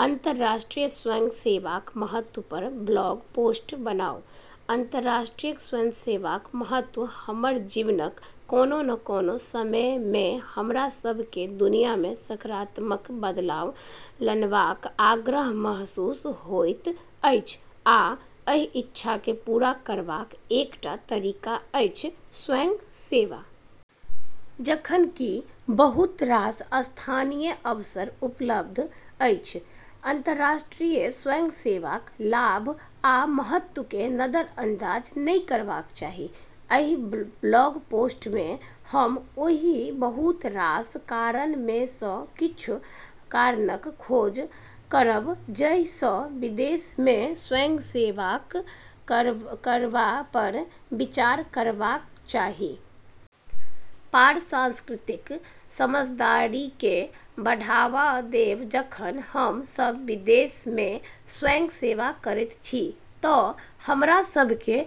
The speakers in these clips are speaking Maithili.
अंतर्राष्ट्रीय स्वयंसेवाक महत्व पर ब्लॉग पोस्ट बनाउ। अंतर्राष्ट्रीय स्वयंसेवाक महत्व हमर जीवनक कोनो न कोनो समय मे हमरा सभकेँ दुनिया मे सकारात्मक बदलाव लानबाक आग्रह महसूस होइत अछि, आ एहि इच्छाकेँ पूरा करबाक एकटा तरीका अछि स्वयंसेवा। जखन कि बहुत रास स्थानीय अवसर उपलब्ध अछि, अंतर्राष्ट्रीय स्वयंसेवाक लाभ आ महत्वकेँ नजरअंदाज नहि करबाक चाही। एहि ब्लॉग पोस्ट मे हम ओहि बहुत रास कारण मे सँ किछ कारणक खोज करब जाही सँ विदेश मे स्वयंसेवा करबा पर विचार करबाक चाही। पार-सांस्कृतिक समझदारीकेँ बढ़ावा देब जखन हम सभ विदेश मे स्वयंसेवा करैत छी तँ हमरा सभकेँ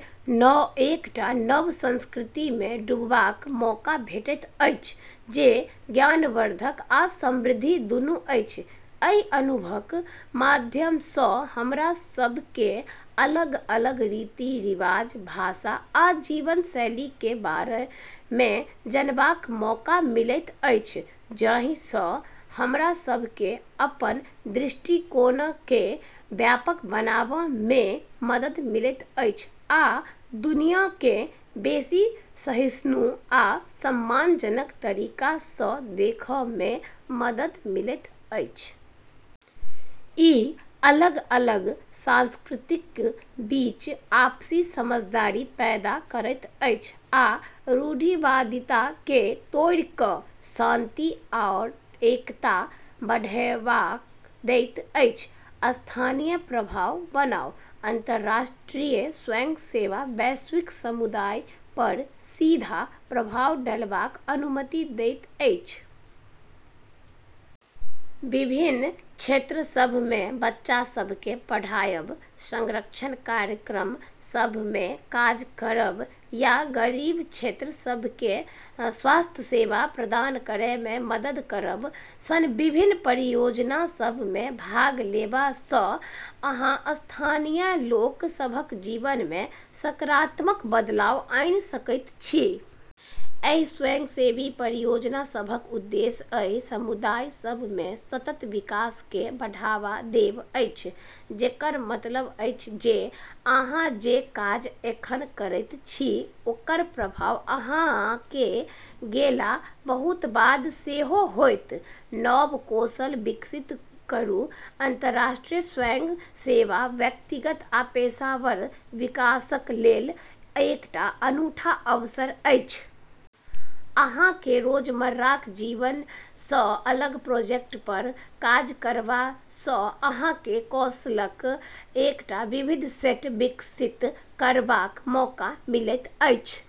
एकटा नव संस्कृति मे डूबबाक मौका भेटैत अछि, जे ज्ञानवर्धक आ समृद्ध दुनू अछि। एहि अनुभवक माध्यम सँ हमरा सभकेँ अलग-अलग रीति-रिवाज, भाषा आ जीवनशैलीक बारे मे जानबाक मौका मिलैत अछि, जाही सँ हमरा सभकेँ अपन दृष्टिकोणकेँ व्यापक बनाबै मे मदद मिलैत अछि आ दुनियाकेँ बेसी सहिष्णु आ सम्मानजनक तरीका सँ देखै मे मदद मिलैत अछि। ई अलग-अलग संस्कृतिक बीच आपसी समझदारी पैदा करैत अछि आ रूढ़िवादिताकेँ तोड़ि कऽ शांति आ एकताकेँ बढ़ावा दैत अछि। स्थायी प्रभाव बनाउ अंतर्राष्ट्रीय स्वयंसेवा वैश्विक समुदाय पर सीधा प्रभाव डालबाक अनुमति दैत अछि। विपन्न क्षेत्र सभ मे बच्चा सभकेँ पढ़ाओब, संरक्षण कार्यक्रम सभ मे काज करब या गरीब क्षेत्र सभकेँ स्वास्थ्य सेवा प्रदान करै मे मदद करब सन विभिन्न परियोजना सभ मे भाग लेबा सँ अहाँ स्थानीय लोक सभक जीवन मे सकारात्मक बदलाव आनि सकैत छी। एहि स्वयंसेवी परियोजना सभक उद्देश्य एहि समुदाय सभ मे सतत विकासकेँ बढ़ावा देब अछि, जेकर मतलब अछि जे अहाँ जे काज एखन करैत छी ओकर प्रभाव अहाँक गेलाक बहुत बाद सेहो होयत। नव कौशल विकसित करू अंतर्राष्ट्रीय स्वयंसेवा व्यक्तिगत आ पेशेवर विकासक लेल एकटा अनूठा अवसर अछि। अहाँकेँ रोजमर्राक जीवन सँ अलग प्रोजेक्ट पर काज करबा सँ अहाँकेँ कौशलक एकटा विविध सेट विकसित करबाक मौका मिलैत अछि।